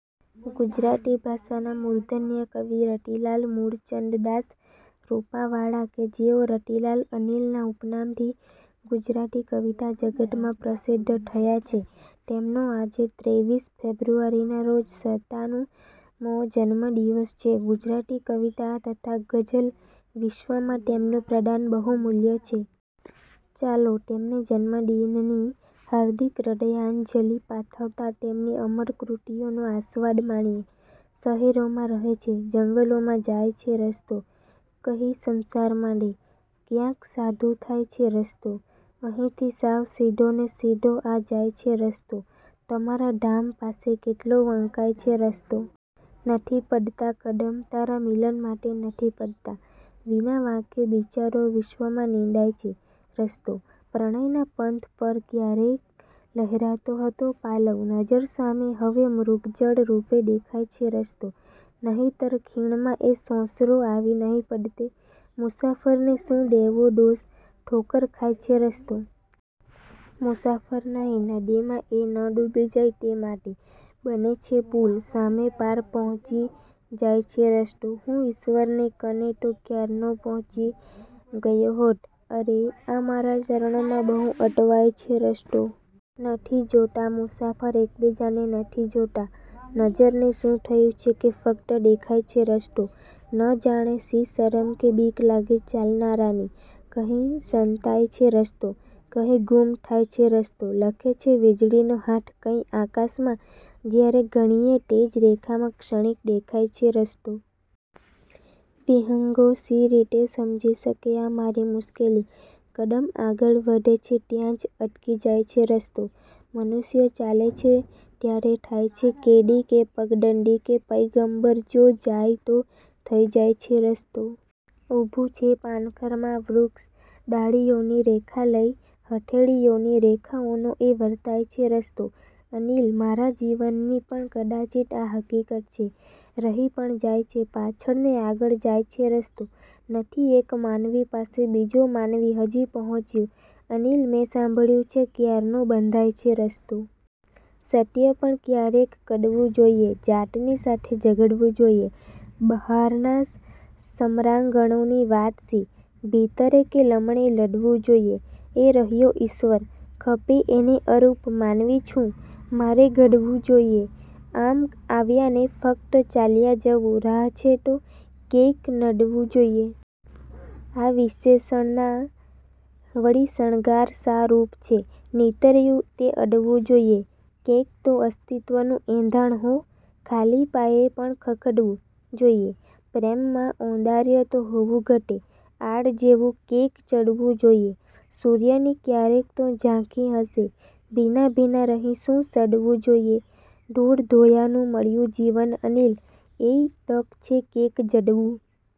ગુજરાતી ભાષાના મૂર્ધન્ય કવિ રતિલાલ મૂળચંદદાસ રૂપાવાળા કે જેઓ રતિલાલ 'અનિલ'ના ઉપનામથી ગુજરાતી કવિતા જગતમાં પ્રસિદ્ધ થયા છે. તેમનો આજે ત્રેવીસ ફેબ્રુઆરીના રોજ સતાનું મો જન્મદિન છે. ગુજરાતી કવિતા તથા ગઝલ વિશ્વમાં તેમનું પ્રદાન બહુમૂલ્ય છે. ચાલો, તેમને જન્મદિનની હાર્દિક હૃદયાંજલિ પાઠવતાં તેમની અમર કૃતિઓનો આસ્વાદ માણીએ… શહેરોમાં રહે છે, જંગલોમાં જાય છે રસ્તો, કહીં સંસાર માંડે, ક્યાંક સાધુ થાય છે રસ્તો. અહીંથી સાવ સીધો ને સીધો આ જાય છે રસ્તો, તમારા ધામ પાસે કેટલો વંકાય છે રસ્તો! નથી પડતાં કદમ, તારા મિલન માટે નથી પડતાં, વિના વાંકે બિચારો વિશ્વમાં નિંદાય છે રસ્તો. પ્રણયના પંથ પર ક્યારેક લ્હેરાતો હતો પાલવ, નજર સામે હવે મૃગજળ રૂપે દેખાય છે રસ્તો. નહિતર ખીણમાં એ સોંસરો આવી નહીં પડતે, મુસાફરને શું દેવો દોષ, ઠોકર ખાય છે રસ્તો! મુસાફર નહિ, નદીમાં એ ન ડૂબી જાય તે માટે, બને છે પુલ, સામે પાર પ્હોંચી જાય છે રસ્તો. હું ઈશ્વરની કને તો ક્યારનો પ્હોંચી ગયો હોત, અરે, આ મારાં ચરણોમાં બહુ અટવાય છે રસ્તો! નથી જોતા મુસાફર એકબીજાને નથી જોતા, નજરને શું થયું છે કે ફકત દેખાય છે રસ્તો! ન જાણે શી શરમ કે બીક લાગે ચાલનારાની, કહીં સંતાય છે રસ્તો, કહીં ગુમ થાય છે રસ્તો. લખે છે વીજળીનો હાથ કંઈ આકાશમાં જ્યારે, ઘણીએ તેજ રેખામાં ક્ષણિક દેખાય છે રસ્તો! વિહંગો શી રીતે સમજી શકે આ મારી મુશ્કેલી, કદમ આગળ વધે છે ત્યાં જ અટકી જાય છે રસ્તો! મનુષ્યો ચાલે છે ત્યારે થાય છે કેડી કે પગદંડી, કે પયગમ્બર જો જાય તો થઈ જાય છે રસ્તો! ઊભું છે પાનખરમાં વૃક્ષ ડાળીઓની રેખા લઈ, હથેળીઓની રેખાઓનો એ વર્તાય છે રસ્તો! 'અનિલ' મારા જીવનની પણ કદાચિત્ આ હકીકત છે, રહી પણ જાય છે પાછળ ને આગળ જાય છે રસ્તો! નથી એક માનવી પાસે બીજો માનવી હજી પ્હોંચ્યો, 'અનિલ', મેં સાંભળ્યું છે ક્યારનો બંધાય છે રસ્તો! સત્ય પણ ક્યારેક કડવું જોઇએ, જાતની સાથે ઝઘડવું જોઇએ! બ્હારના સમરાંગણોની વાત શી? ભીતરે કે લમણે લડવું જોઇએ! એ રહ્યો ઇશ્વર, ખપે એને અરૂપ; માનવી છું, મારે ઘડવું જોઇએ! આમ આવ્યા ને ફક્ત ચાલ્યા જવું, રાહ છે તો કૈંક નડવું જોઇએ! આ વિશેષણના વળી શણગાર શા? રૂપ છે નીતર્યુ તે અડવું જોઇએ! કૈંક તો અસ્તિત્વનું એંધાણ હો! ખાલીપાએ પણ ખખડવું જોઇએ! પ્રેમમાં ઔંદાર્ય તો હોવું ઘટે! આળ જેવું કૈંક ચડવું જોઇએ! સૂર્યની ક્યારેક તો ઝાંખી હશે, ભીના ભીના રહી શું સડવું જોઇએ? ધૂળધોયાનું મળ્યું જીવન અનિલ, એય તક છે, કૈંક જડવું